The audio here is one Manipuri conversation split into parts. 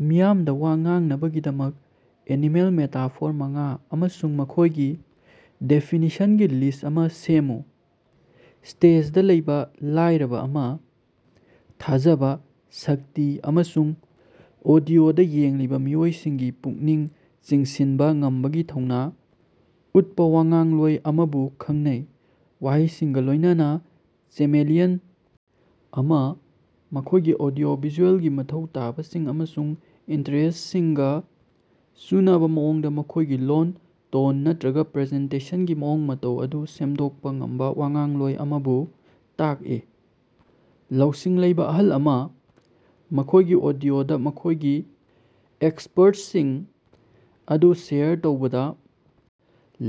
ꯃꯤꯌꯥꯝꯗ ꯋꯥ ꯉꯥꯡꯅꯕꯒꯤꯗꯃꯛ ꯑꯦꯅꯤꯃꯦꯜ ꯃꯦꯇꯥꯐꯣꯔ ꯃꯉꯥ ꯑꯃꯁꯨꯡ ꯃꯈꯣꯏꯒꯤ ꯗꯦꯐꯤꯅꯤꯁꯟꯒꯤ ꯂꯤꯁ ꯑꯃ ꯁꯦꯝꯃꯨ꯫ "ꯁ꯭ꯇꯦꯖꯗꯥ ꯂꯩꯕ ꯂꯥꯏꯔꯕ ꯑꯃ" ꯊꯥꯖꯕ, ꯁꯛꯇꯤ ꯑꯃꯁꯨꯡ ꯑꯣꯗꯤꯑꯣꯗ ꯌꯦꯡꯂꯤꯕ ꯃꯤꯑꯣꯏꯁꯤꯡꯒꯤ ꯄꯨꯛꯅꯤꯡ ꯆꯤꯡꯁꯤꯟꯕ ꯉꯝꯕꯒꯤ ꯊꯧꯅ ꯎꯠꯄꯥ ꯋꯥꯉꯥꯡꯂꯣꯏ ꯑꯃꯕꯨ ꯈꯉꯅꯩ꯫ "ꯋꯥꯍꯩꯁꯤꯡꯒ ꯂꯣꯏꯅꯅꯥ ꯆꯦꯃꯦꯂꯤꯌꯟ ꯑꯃ" ꯃꯈꯣꯏꯒꯤ ꯑꯣꯗꯤꯑꯣ-ꯚꯤꯖꯨꯑꯦꯜꯒꯤ ꯃꯊꯧ ꯇꯥꯕꯁꯤꯡ ꯑꯃꯁꯨꯡ ꯏꯟꯇꯔꯦꯁ꯭ꯇꯁꯤꯡꯒ ꯆꯨꯅꯕꯥ ꯃꯑꯣꯡꯗ ꯃꯈꯣꯏꯒꯤ ꯂꯣꯟ, ꯇꯣꯟ ꯅꯠꯇꯔꯒ ꯄ꯭ꯔꯖꯦꯟꯇꯦꯁꯒꯤ ꯃꯑꯣꯡ ꯃꯇꯧ ꯑꯗꯨ ꯁꯦꯝꯗꯣꯛꯄꯥ ꯉꯝꯕꯥ ꯋꯥꯉꯥꯡꯂꯣꯏ ꯑꯃꯕꯨ ꯇꯥꯛꯏ꯫ "ꯂꯧꯁꯤꯡ ꯂꯩꯕ ꯑꯍꯜ ꯑꯃ" ꯃꯈꯣꯏꯒꯤ ꯑꯣꯗꯤꯑꯣꯗ ꯃꯈꯣꯏꯒꯤ ꯑꯦꯛꯁꯄꯔꯇꯁꯤꯡ ꯑꯗꯨ ꯁꯦꯌꯔ ꯇꯧꯕꯗ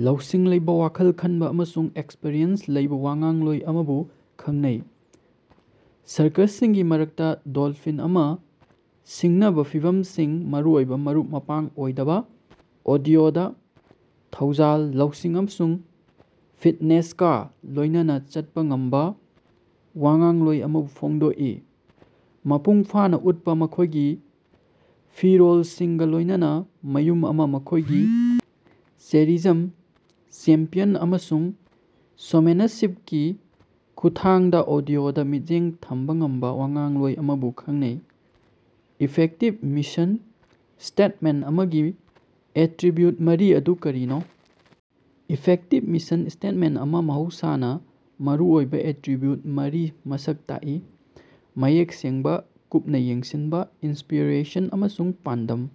ꯂꯧꯁꯤꯡ ꯂꯩꯕꯥ, ꯋꯥꯈꯜ ꯈꯟꯕ ꯑꯃꯁꯨꯡ ꯑꯦꯛꯁꯄꯔꯤꯌꯦꯟꯁ ꯂꯩꯕ ꯋꯥꯉꯥꯡꯂꯣꯏ ꯑꯃꯕꯨ ꯈꯡꯅꯩ꯫ "ꯁꯥꯔꯀꯁꯁꯤꯡꯒꯤ ꯃꯔꯛꯇꯥ ꯗꯣꯂꯐꯤꯟ ꯑꯃ" ꯁꯤꯡꯅꯕ ꯐꯤꯚꯝꯁꯤꯡ, ꯃꯔꯨꯑꯣꯏꯅ ꯃꯔꯨꯞ-ꯃꯄꯥꯡ ꯑꯣꯏꯗꯕ ꯑꯣꯗꯤꯑꯣꯗ, ꯊꯧꯖꯥꯜ, ꯂꯧꯁꯤꯡ ꯑꯃꯁꯨꯡ ꯐꯤꯠꯅꯦꯁꯀꯥ ꯂꯣꯏꯅꯅꯥ ꯆꯠꯄꯥ ꯉꯝꯕ ꯋꯥꯉꯥꯡꯂꯣꯏ ꯑꯃꯕꯨ ꯐꯣꯡꯗꯣꯛꯏ꯫ ꯃꯄꯨꯡ ꯐꯥꯅ ꯎꯠꯄꯥ ꯃꯈꯣꯏꯒꯤ ꯐꯤꯔꯣꯜꯁꯤꯡꯒ ꯂꯣꯏꯅꯅꯥ ꯃꯌꯨꯝ ꯑꯃ" ꯃꯈꯣꯏꯒꯤ ꯆꯦꯔꯤꯖꯝ, ꯆꯦꯝꯄꯤꯌꯟ, ꯑꯃꯁꯨꯡ ꯁꯣꯃꯦꯅꯁꯤꯞꯀꯤ ꯈꯨꯠꯊꯥꯡꯗ ꯑꯣꯗꯤꯑꯣꯗ ꯃꯤꯠꯌꯦꯡ ꯊꯝꯕꯥ ꯉꯝꯕꯥ ꯋꯥꯉꯥꯡꯂꯣꯏ ꯑꯃꯕꯨ ꯈꯪꯅꯩ꯫ ꯏꯐꯦꯛꯇꯤꯕ ꯃꯤꯁꯟ ꯁ꯭ꯇꯦꯠꯃꯦꯟꯇ ꯑꯃꯒꯤ ꯑꯦꯇꯔꯤꯕ꯭ꯌꯨꯠ ꯃꯔꯤ ꯑꯗꯨ ꯀꯔꯤꯅꯣ? ꯏꯐꯦꯛꯇꯤꯕ ꯃꯤꯁꯟ ꯁ꯭ꯇꯦꯠꯃꯦꯟꯇ ꯑꯃ ꯃꯍꯧꯁꯥꯅ ꯃꯔꯨꯑꯣꯏꯕ ꯑꯦꯇꯔꯤꯕ꯭ꯌꯨꯠ ꯃꯔꯤꯅ ꯃꯁꯛ ꯇꯥꯛꯏ: ꯃꯌꯦꯛ ꯁꯦꯡꯕꯥ, ꯀꯨꯞꯅꯥ ꯌꯦꯡꯁꯤꯟꯕꯥ, ꯏꯟꯁꯄꯤꯔꯦꯁꯟ ꯑꯃꯁꯨꯡ ꯄꯥꯟꯗꯝ꯫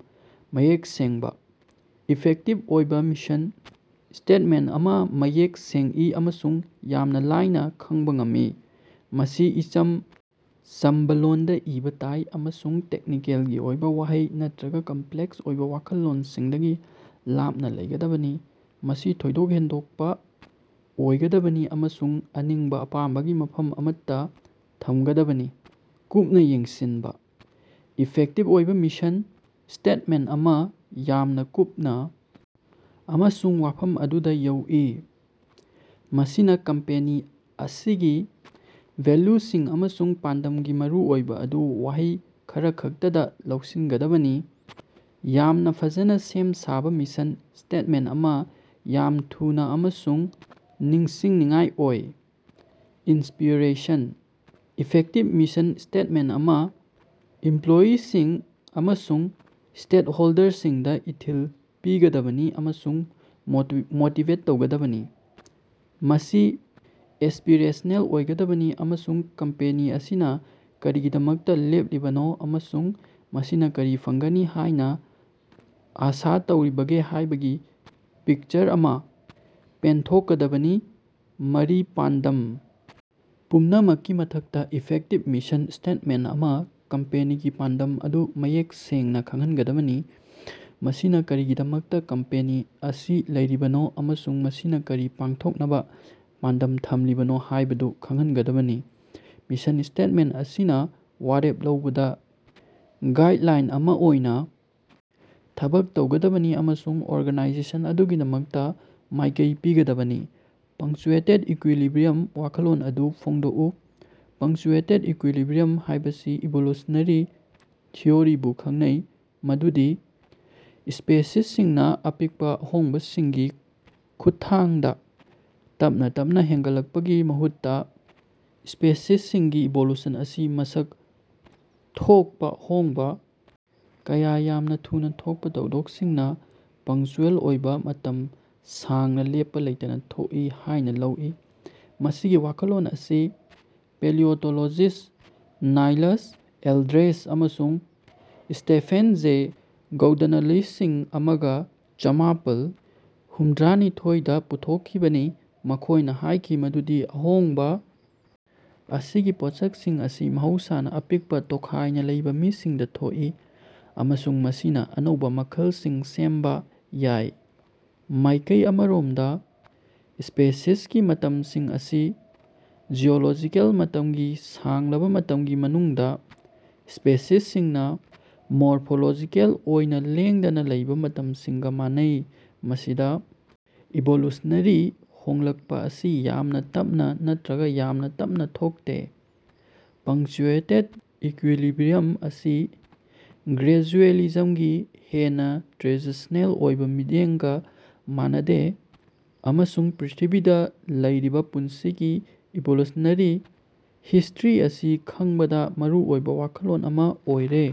ꯃꯌꯦꯛ ꯁꯦꯡꯕꯥ: ꯏꯐꯦꯛꯇꯤꯕ ꯑꯣꯏꯕꯥ ꯃꯤꯁꯟ ꯁ꯭ꯇꯦꯠꯃꯦꯟꯇ ꯑꯃ ꯃꯌꯦꯛ ꯁꯦꯡꯏ ꯑꯃꯁꯨꯡ ꯌꯥꯝꯅ ꯂꯥꯏꯅ ꯈꯪꯕ ꯉꯝꯃꯤ꯫ ꯃꯁꯤ ꯏꯆꯝ ꯆꯝꯕꯥ ꯂꯣꯟꯗ ꯏꯕꯥ ꯇꯥꯏ ꯑꯃꯁꯨꯡ ꯇꯦꯛꯅꯤꯀꯦꯜꯒꯤ ꯑꯣꯏꯕ ꯋꯥꯍꯩ ꯅꯠꯇꯔꯒ ꯀꯝꯄꯂꯦꯛꯁ ꯑꯣꯏꯕ ꯋꯥꯈꯜꯂꯣꯟꯁꯤꯡꯗꯒꯤ ꯂꯥꯞꯅ ꯂꯩꯒꯗꯕꯅꯤ꯫ ꯃꯁꯤ ꯊꯣꯏꯗꯣꯛ ꯍꯦꯟꯗꯣꯛꯄ ꯑꯣꯏꯒꯗꯕꯅꯤ ꯑꯃꯁꯨꯡ ꯑꯅꯤꯡꯕꯥ ꯑꯄꯥꯝꯕꯒꯤ ꯃꯐꯝ ꯑꯃꯠꯇꯥ ꯊꯝꯒꯗꯕꯅꯤ꯫ ꯀꯨꯞꯅꯥ ꯌꯦꯡꯁꯤꯟꯕꯥ: ꯏꯐꯦꯛꯇꯤꯕ ꯑꯣꯏꯕꯥ ꯃꯤꯁꯟ ꯁ꯭ꯇꯦꯠꯃꯦꯟꯇ ꯑꯃ ꯌꯥꯝꯅ ꯀꯨꯞꯅꯥ ꯑꯃꯁꯨꯡ ꯋꯥꯐꯝ ꯑꯗꯨꯗ ꯌꯧꯏ꯫ ꯃꯁꯤꯅ ꯀꯝꯄꯦꯅꯤ ꯑꯁꯤꯒꯤ ꯚꯦꯜꯌꯨꯁꯤꯡ ꯑꯃꯁꯨꯡ ꯄꯥꯟꯗꯝꯒꯤ ꯃꯔꯨꯑꯣꯏꯕ ꯑꯗꯨ ꯋꯥꯍꯩ ꯈꯔꯈꯛꯇꯗ ꯂꯧꯁꯤꯟꯒꯗꯕꯅꯤ꯫ ꯌꯥꯝꯅ ꯐꯖꯅꯥ ꯁꯦꯝ ꯁꯥꯕ ꯃꯤꯁꯟ ꯁ꯭ꯇꯦꯠꯃꯦꯟꯇ ꯑꯃ ꯌꯥꯝꯅ ꯊꯨꯅꯥ ꯑꯃꯁꯨꯡ ꯅꯤꯡꯁꯤꯡꯅꯤꯡꯉꯥꯏ ꯑꯣꯏ꯫ ꯏꯟꯁꯄꯤꯔꯦꯁꯟ: ꯏꯐꯦꯛꯇꯤꯕ ꯃꯤꯁꯟ ꯁ꯭ꯇꯦꯠꯃꯦꯟꯇ ꯑꯃꯅ ꯏꯃꯄꯂꯣꯌꯤꯁꯤꯡ ꯑꯃꯁꯨꯡ ꯁ꯭ꯇꯦꯛꯍꯣꯜꯗꯔꯁꯤꯡꯗ ꯏꯊꯤꯜ ꯄꯤꯒꯗꯕꯅꯤ ꯑꯃꯁꯨꯡ ꯃꯣꯇꯤꯕꯦꯠ ꯇꯧꯒꯗꯕꯅꯤ꯫ ꯃꯁꯤ ꯑꯦꯁ꯭ꯄꯤꯔꯦꯁꯅꯦꯜ ꯑꯣꯏꯒꯗꯕꯅꯤ ꯑꯃꯁꯨꯡ ꯀꯝꯄꯦꯅꯤ ꯑꯁꯤꯅ ꯀꯔꯤꯒꯤꯗꯃꯛꯇ ꯂꯦꯞꯂꯤꯕꯅꯣ, ꯑꯃꯁꯨꯡ ꯃꯁꯤꯅꯥ ꯀꯔꯤ ꯐꯪꯒꯅꯤ ꯍꯥꯏꯅ ꯑꯥꯁꯥ ꯇꯧꯔꯤꯕꯒꯦ ꯍꯥꯏꯕꯒꯤ ꯄꯤꯛꯆꯔ ꯑꯃ ꯄꯦꯟꯊꯣꯛꯀꯗꯕꯅꯤ꯫ ꯃꯔꯤ ꯄꯥꯟꯗꯝ ꯄꯨꯝꯅꯃꯛꯀꯤ ꯃꯊꯛꯇꯥ, ꯏꯐꯦꯛꯇꯤꯕ ꯃꯤꯁꯟ ꯁ꯭ꯇꯦꯠꯃꯦꯟꯇ ꯑꯃꯅ ꯀꯝꯄꯦꯅꯤꯒꯤ ꯄꯥꯟꯗꯝ ꯑꯗꯨ ꯃꯌꯦꯛ ꯁꯦꯡꯅꯥ ꯈꯪꯍꯟꯒꯗꯕꯅꯤ꯫ ꯃꯁꯤꯅ ꯀꯔꯤꯒꯤꯗꯃꯛꯇꯥ ꯀꯝꯄꯦꯅꯤ ꯑꯁꯤ ꯂꯩꯔꯤꯕꯅꯣ ꯑꯃꯁꯨꯡ ꯃꯁꯤꯅ ꯀꯔꯤ ꯄꯥꯡꯊꯣꯛꯅꯕ ꯄꯥꯟꯗꯝ ꯊꯝꯂꯤꯕꯅꯣ ꯍꯥꯏꯕꯗꯨ ꯈꯪꯍꯟꯒꯗꯕꯅꯤ꯫ ꯃꯤꯁꯟ ꯁ꯭ꯇꯦꯠꯃꯦꯟꯇ ꯑꯁꯤꯅ ꯋꯥꯔꯦꯞ ꯂꯧꯕꯗ ꯒꯥꯏꯗꯂꯥꯏꯟ ꯑꯃ ꯑꯣꯏꯅ ꯊꯕꯛ ꯇꯧꯒꯗꯕꯅꯤ ꯑꯃꯁꯨꯡ ꯑꯣꯔꯒꯥꯅꯥꯏꯖꯦꯁꯟ ꯑꯗꯨꯒꯤꯗꯃꯛꯇ ꯃꯥꯏꯀꯩ ꯄꯤꯒꯗꯕꯅꯤ꯫ ꯄꯪꯆ꯭ꯌꯨꯑꯦꯇꯦꯠ ꯏꯀꯌꯨꯂꯤꯕꯔꯤꯌꯝ ꯋꯥꯈꯜꯂꯣꯟ ꯑꯗꯨ ꯐꯣꯡꯗꯣꯛꯎ꯫ ꯄꯪꯆ꯭ꯌꯨꯑꯦꯇꯦꯠ ꯏꯀꯌꯨꯂꯤꯕꯤꯌꯝ ꯍꯥꯏꯕꯁꯤ ꯏꯚꯣꯂꯨꯁꯟꯅꯦꯔꯤ ꯊꯤꯑꯣꯔꯤꯕꯨ ꯈꯪꯅꯩ ꯃꯗꯨꯗꯤ ꯁ꯭ꯄꯦꯁꯤꯁꯁꯤꯡꯅꯥ ꯑꯄꯤꯛꯄꯥ ꯑꯍꯣꯡꯕꯁꯤꯡꯒꯤ ꯈꯨꯠꯊꯥꯡꯗ ꯇꯞꯅꯥ ꯇꯞꯅꯥ ꯍꯦꯟꯒꯠꯂꯛꯄꯒꯤ ꯃꯍꯨꯠꯇꯥ, ꯁ꯭ꯄꯦꯁꯤꯁꯁꯤꯡꯒꯤ ꯏꯚꯣꯂꯨꯁꯟ ꯑꯁꯤ ꯃꯁꯛ ꯊꯣꯛꯄꯥ ꯑꯍꯣꯡꯕꯥ ꯀꯌꯥ ꯌꯥꯝꯅ ꯊꯨꯅ ꯊꯣꯛꯄꯥ ꯊꯧꯗꯣꯛꯁꯤꯡꯅ ꯄꯪꯆ꯭ꯌꯨꯑꯦꯜ ꯑꯣꯏꯕ ꯃꯇꯝ ꯁꯥꯡꯅ ꯂꯦꯞꯄꯥ ꯂꯩꯇꯅ ꯊꯣꯛꯏ ꯍꯥꯏꯅ ꯂꯧꯏ꯫ ꯃꯁꯤꯒꯤ ꯋꯥꯈꯜꯂꯣꯟ ꯑꯁꯤ ꯄꯦꯂꯤꯑꯣꯟꯇꯣꯂꯣꯖꯤꯁ꯭ꯠ ꯅꯥꯏꯂꯁ ꯑꯦꯜꯗ꯭ꯔꯦꯖ ꯑꯃꯁꯨꯡ ꯁ꯭ꯇꯦꯐꯦꯟ ꯖꯦ ꯒꯧꯜꯗꯅꯂꯤꯁꯤꯡ ꯑꯃꯒ ꯆꯃꯥꯄꯜ ꯍꯨꯝꯗ꯭ꯔꯥꯅꯤꯊ‌ꯣꯏ ꯗꯥ ꯄꯨꯊꯣꯛꯈꯤꯕꯅꯤ, ꯃꯈꯣꯏꯅ ꯍꯥꯏꯈꯤ ꯃꯗꯨꯗꯤ ꯑꯍꯣꯡꯕ ꯑꯁꯤꯒꯤ ꯄꯣꯠꯁꯛꯁꯤꯡ ꯑꯁꯤ ꯃꯍꯧꯁꯥꯅ ꯑꯄꯤꯛꯄ, ꯇꯣꯈꯥꯏꯅ ꯂꯩꯕ ꯃꯤꯁꯤꯡꯗ ꯊꯣꯛꯏ ꯑꯃꯁꯨꯡ ꯃꯁꯤꯅꯥ ꯑꯅꯧꯕꯥ ꯃꯈꯜꯁꯤꯡ ꯁꯦꯝꯕꯥ ꯌꯥꯏ꯫ ꯃꯥꯏꯀꯩ ꯑꯃꯔꯣꯝꯗꯥ, ꯁ꯭ꯄꯦꯁꯤꯁꯀꯤ ꯃꯇꯝꯁꯤꯡ ꯑꯁꯤ ꯖꯤꯑꯣꯂꯣꯖꯤꯀꯦꯜ ꯃꯇꯝꯒꯤ ꯁꯥꯡꯂꯕꯥ ꯃꯇꯝꯒꯤ ꯃꯅꯨꯡꯗꯥ ꯁ꯭ꯄꯦꯁꯤꯁꯁꯤꯡꯅ ꯃꯣꯔꯐꯣꯂꯣꯖꯤꯀꯦꯜ ꯑꯣꯏꯅꯥ ꯂꯦꯡꯗꯅꯥ ꯂꯩꯕ ꯃꯇꯝꯁꯤꯡꯒ ꯃꯥꯟꯅꯩ, ꯃꯁꯤꯗ ꯏꯚꯣꯂꯨꯁꯅꯦꯔꯤ ꯍꯣꯡꯂꯛꯄꯥ ꯑꯁꯤ ꯌꯥꯝꯅ ꯇꯞꯅꯥ ꯅꯠꯇꯔꯒ ꯌꯥꯝꯅ ꯇꯞꯅꯥ ꯊꯣꯛꯇꯦ꯫ ꯄꯪꯆ꯭ꯌꯨꯑꯦꯇꯦꯠ ꯏꯀꯌꯨꯂꯤꯕꯔꯤꯌꯝ ꯑꯁꯤ ꯒ꯭ꯔꯦꯖꯨꯑꯦꯂꯤꯖꯝꯒꯤ ꯍꯦꯟꯅꯥ ꯇ꯭ꯔꯦꯗꯤꯁ꯭ꯅꯦꯜ ꯑꯣꯏꯕ ꯃꯤꯠꯌꯦꯡꯒ ꯃꯥꯟꯅꯗꯦ ꯑꯃꯁꯨꯡ ꯄ꯭ꯔ꯭ꯤꯊꯤꯕꯤꯗ ꯂꯩꯔꯤꯕ ꯄꯨꯟꯁꯤꯒꯤ ꯏꯚꯣꯂꯨꯁꯅꯦꯔꯤ ꯍꯤꯁ꯭ꯇꯔꯤ ꯑꯁꯤ ꯈꯪꯕꯗ ꯃꯔꯨꯑꯣꯏꯕ ꯋꯥꯈꯜꯂꯣꯟ ꯑꯃ ꯑꯣꯏꯔꯦ꯫